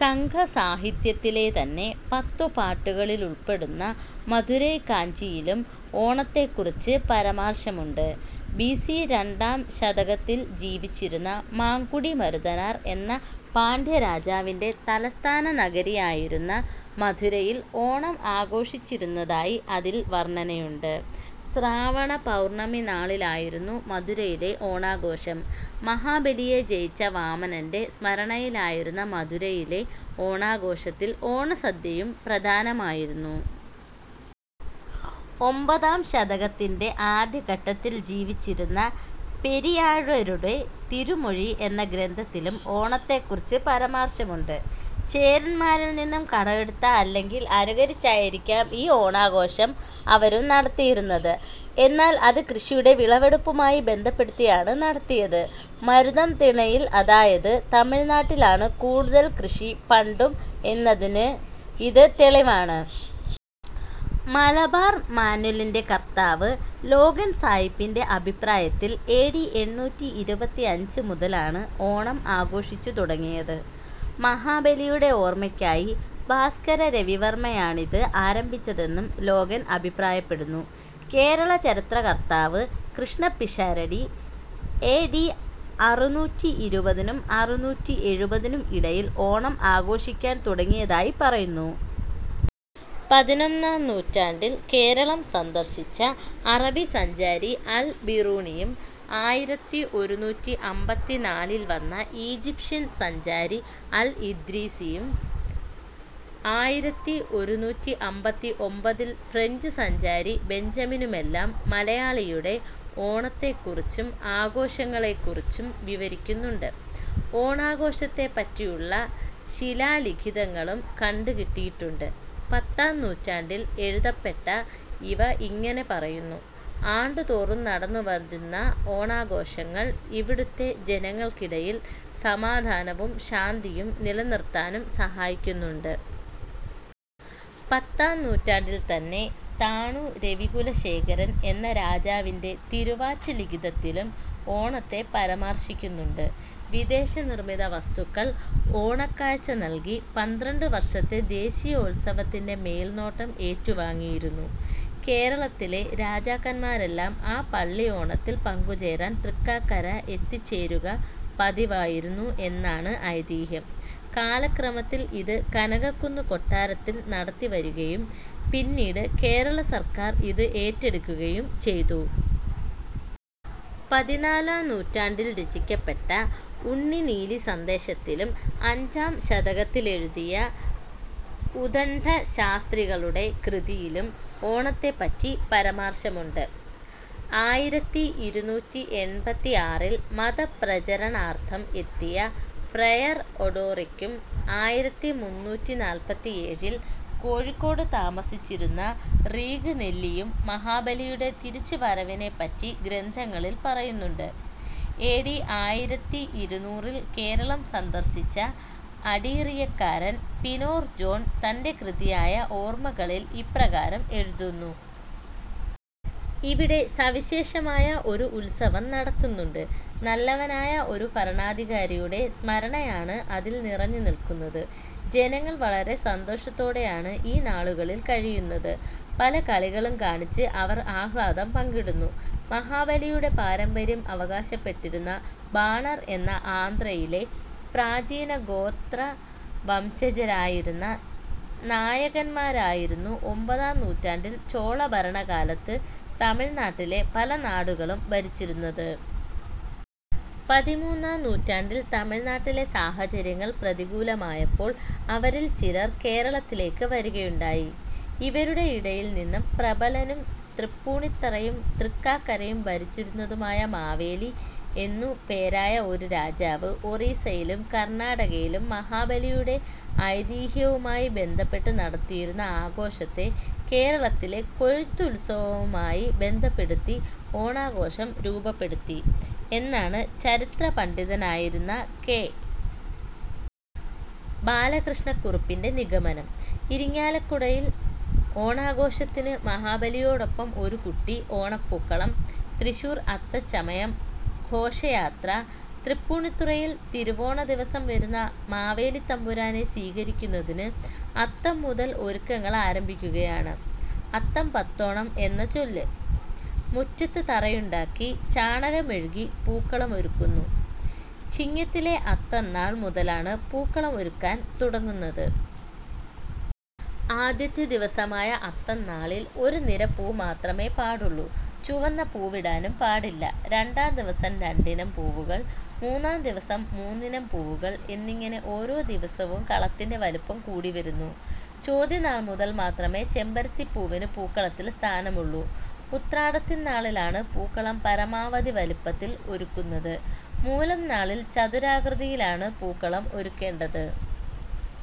സംഘസാഹിത്യത്തിലെതന്നെ പത്തുപാട്ടുകളിലുൾപ്പെടുന്ന 'മധുരൈ കാഞ്ചി'യിലും ഓണത്തെക്കുറിച്ച് പരാമർശമുണ്ട്. ബി. സി. രണ്ടാം ശതകത്തിൽ ജീവിച്ചിരുന്ന 'മാങ്കുടി മരുതനാർ' എന്ന പാണ്ഡ്യരാജാവിന്റെ തലസ്ഥാന നഗരിയായിരുന്ന മധുരയിൽ ഓണം ആഘോഷിച്ചിരുന്നതായി അതിൽ വർണ്ണനയുണ്ട്. ശ്രാവണ പൗർണ്ണമിനാളിലായിരുന്നു മധുരയിലെ ഓണാഘോഷം. മഹാബലിയെ ജയിച്ച വാമനന്റെ സ്മരണയിലായിരുന്ന മധുരയിലെ ഓണാഘോഷത്തിൽ 'ഓണസദ്യയും' പ്രധാനമായിരുന്നു. ഒമ്പതാം ശതകത്തിന്റെ ആദ്യഘട്ടത്തിൽ ജീവിച്ചിരുന്ന പെരിയാഴ്വരുടെ 'തിരുമൊഴി' എന്ന ഗ്രന്ഥത്തിലും ഓണത്തെക്കുറിച്ച് പരാമർശമുണ്ട്. ചേരന്മാരിൽ നിന്ന് കടം എടുത്ത അല്ലെങ്കിൽ അനുകരിച്ചായിരിക്കാം ഈ ഓണാഘോഷം അവരും നടത്തിയിരുന്നത്. എന്നാൽ അത് കൃഷിയുടെ വിളവെടുപ്പുമായി ബന്ധപ്പെടുത്തിയാണ് നടത്തിയത്. മരുതം തിണയിൽ അതായത് തമിഴ്നാട്ടിൽ ആണ് കൂടുതൽ കൃഷി പണ്ടും എന്നതിന് ഇത് തെളിവാണ്. മലബാർ മാന്വലിന്റെ കർത്താവ് ലോഗൻ സായിപ്പിന്റെ അഭിപ്രായത്തിൽ എ. ഡി. എണ്ണൂറ്റിഇരുപത്തിയഞ്ച് മുതലാണ് ഓണം ആഘോഷിച്ചു തുടങ്ങിയത്. മഹാബലിയുടെ ഓർമ്മക്കായി ഭാസ്കര രവിവർമ്മയാണിത് ആരംഭിച്ചതെന്നും ലോഗൻ അഭിപ്രായപ്പെടുന്നു. കേരള ചരിത്ര കർത്താവ് കൃഷ്ണപിഷാരടി, എ. ഡി. അറുനൂറ്റിഇരുപതിനും അറുനൂറ്റിഎഴുപതിനും ഇടയിൽ ഓണം ആഘോഷിക്കാൻ തുടങ്ങിയതായി പറയുന്നു. പതിനൊന്നാം നൂറ്റാണ്ടിൽ കേരളം സന്ദർശിച്ച അറബിസഞ്ചാരി അൽബിറൂണിയും ആയിരത്തിഒരുനൂറ്റിഅമ്പത്തിനാലിൽ വന്ന ഈജിപ്ഷ്യൻ സഞ്ചാരി അൽ ഇദ്രീസിയും ആയിരത്തിഒരുനൂറ്റിഅമ്പത്തിഒമ്പതിൽ ഫ്രഞ്ച് സഞ്ചാരി ബഞ്ചമിനുമെല്ലാം മലയാളിയുടെ ഓണത്തെക്കുറിച്ചും ആഘോഷങ്ങളെക്കുറിച്ചും വിവരിക്കുന്നുണ്ട്. ഓണാഘോഷത്തെപ്പറ്റിയുള്ള ശിലാലിഖിതങ്ങളും കണ്ടുകിട്ടിയിട്ടുണ്ട്. പത്താം നൂറ്റാണ്ടിൽ എഴുതപ്പെട്ട ഇവ ഇങ്ങനെ പറയുന്നു. "ആണ്ടുതോറും നടന്നുവരുന്ന ഓണാഘോഷങ്ങൾ ഇവിടുത്തെ ജനങ്ങൾക്കിടയിൽ സമാധാനവും ശാന്തിയും നിലനിർത്താനും സഹായിക്കുന്നുണ്ട്". പത്താം നൂറ്റാണ്ടിൽത്തന്നെ സ്ഥാണു രവികുലശേഖരൻ എന്ന രാജാവിന്റെ തിരുവാറ്റ് ലിഖിതത്തിലും ഓണത്തെ പരാമർശിക്കുന്നുണ്ട്. വിദേശനിർമ്മിത വസ്തുക്കൾ ഓണക്കാഴ്ച നൽകി പന്ത്രണ്ടുവർഷത്തെ ദേശീയോത്സവത്തിന്റെ മേൽനോട്ടം ഏറ്റുവാങ്ങിയിരുന്നു. കേരളത്തിലെ രാജാക്കൻമാരെല്ലാം ആ പള്ളി ഓണത്തിൽ പങ്കുചേരാൻ തൃക്കാക്കര എത്തിച്ചേരുക പതിവായിരുന്നു എന്നാണ് ഐതീഹ്യം. കാലക്രമത്തിൽ ഇത് കനകക്കുന്ന് കൊട്ടാരത്തിൽ നടത്തിവരുകയും പിന്നീട് കേരളസർക്കാർ ഇത് ഏറ്റെടുക്കുകയും ചെയ്തു. പതിനാലാം നൂറ്റാണ്ടിൽ രചിക്കപ്പെട്ട 'ഉണ്ണിനീലിസന്ദേശ'ത്തിലും അഞ്ചാം ശതകത്തിലെഴുതിയ ഉദണ്ഡശാസ്ത്രികളുടെ കൃതിയിലും ഓണത്തെപ്പറ്റി പരാമർശമുണ്ട്. ആയിരത്തിഇരുനൂറ്റിഎൺപത്തിആറിൽ മതപ്രചാരണാർത്ഥം എത്തിയ ഫ്രയർ ഒഡോറിക്കും ആയിരത്തിമുന്നൂറ്റിനാല്പത്തിയേഴിൽ കോഴിക്കോട് താമസിച്ചിരുന്ന റീഗ് നെല്ലിയും മഹാബലിയുടെ തിരിച്ചുവരവിനെപ്പറ്റി ഗ്രന്ഥങ്ങളിൽ പറയുന്നുണ്ട്. എ. ഡി. ആയിരത്തിഇരുനൂറിൽ കേരളം സന്ദർശിച്ച അഡീറിയക്കാരൻ 'പിനോർ ജോൺ' തന്റെ കൃതിയായ 'ഓർമ്മകളിൽ' ഇപ്രകാരം എഴുതുന്നു. "ഇവിടെ സവിശേഷമായ ഒരു ഉത്സവം നടത്തുന്നുണ്ട്. നല്ലവനായ ഒരു ഭരണാധികാരിയുടെ സ്മരണയാണ് അതിൽ നിറഞ്ഞു നിൽക്കുന്നത്. ജനങ്ങൾ വളരെ സന്തോഷത്തോടെയാണ് ഈ നാളുകളിൽ കഴിയുന്നത്. പല കളികളും കാണിച്ച് അവർ ആഹ്ലാദം പങ്കിടുന്നു. " മഹാബലിയുടെ പാരമ്പര്യം അവകാശപ്പെട്ടിരുന്ന ബാണർ എന്ന ആന്ധ്രയിലെ പ്രാചീനഗോത്രവംശജരായിരുന്ന നായകന്മാരായിരുന്നു ഒമ്പതാം നൂറ്റാണ്ടിൽ ചോളഭരണ കാലത്ത് തമിഴ്നാട്ടിലെ പല നാടുകളും ഭരിച്ചിരുന്നത്. പതിമൂന്നാം നൂറ്റാണ്ടിൽ തമിഴ്നാട്ടിലെ സാഹചര്യങ്ങൾ പ്രതികൂലമായപ്പോൾ അവരിൽ ചിലർ കേരളത്തിലേക്ക് വരികയുണ്ടായി. ഇവരുടെ ഇടയിൽനിന്ന് പ്രബലനും തൃപ്പൂണിത്തറയും, തൃക്കാക്കരയും ഭരിച്ചിരുന്നതുമായ 'മാവേലി' എന്നു പേരായ ഒരു രാജാവ്, ഒറീസയിലും, കർണാടകയിലും മഹാബലിയുടെ ഐതീഹ്യവുമായി ബന്ധപ്പെട്ട് നടത്തിയിരുന്ന ആഘോഷത്തെ കേരളത്തിലെ കൊയ്ത്തുത്സവവുമായി ബന്ധപ്പെടുത്തി ഓണാഘോഷം രൂപപ്പെടുത്തി. എന്നാണ് ചരിത്രപണ്ഡിതനായിരുന്ന കെ. ബാലകൃഷ്ണ കുറുപ്പിന്റെ നിഗമനം. ഇരിങ്ങാലക്കുടയിൽ ഓണാഘോഷത്തിന് മഹാബലിയോടൊപ്പം ഒരു കുട്ടി ഓണപൂക്കളം തൃശൂർ അത്തച്ചമയം ഘോഷയാത്ര തൃപ്പൂണിത്തുറയിൽ 'തിരുവോണദിവസം വരുന്ന മാവേലിത്തമ്പുരാനെ സ്വീകരിക്കുന്നതിന് അത്തം മുതൽ ഒരുക്കങ്ങളാരംഭിക്കുകയാണ്. 'അത്തം പത്തോണം' എന്ന് ചൊല്ല്. മുറ്റത്ത് തറയുണ്ടാക്കി ചാണകം മെഴുകി പൂക്കളമൊരുക്കുന്നു. ചിങ്ങത്തിലെ അത്തംനാൾ മുതലാണ് പൂക്കളം ഒരുക്കാൻ തുടങ്ങുന്നത്. ആദ്യത്തെ ദിവസമായ അത്തംനാളിൽ ഒരു നിര പൂ മാത്രമേ പാടുള്ളൂ. ചുവന്ന പൂവിടാനും പാടില്ല. രണ്ടാം ദിവസം രണ്ടിനം പൂവുകൾ മൂന്നാം ദിവസം മൂന്നിനം പൂവുകൾ എന്നിങ്ങനെ ഓരോ ദിവസവും കളത്തിന്റെ വലിപ്പം കൂടി വരുന്നു. ചോതിനാൾ മുതൽ മാത്രമേ ചെമ്പരത്തിപ്പൂവിന് പൂക്കളത്തിൽ സ്ഥാനമുള്ളൂ. ഉത്രാടത്തിൻനാളിലാണ് പൂക്കളം പരമാവധി വലിപ്പത്തിൽ ഒരുക്കുന്നത്. മൂലം നാളിൽ ചതുരാകൃതിയിലാണ് പൂക്കളം ഒരുക്കേണ്ടത്.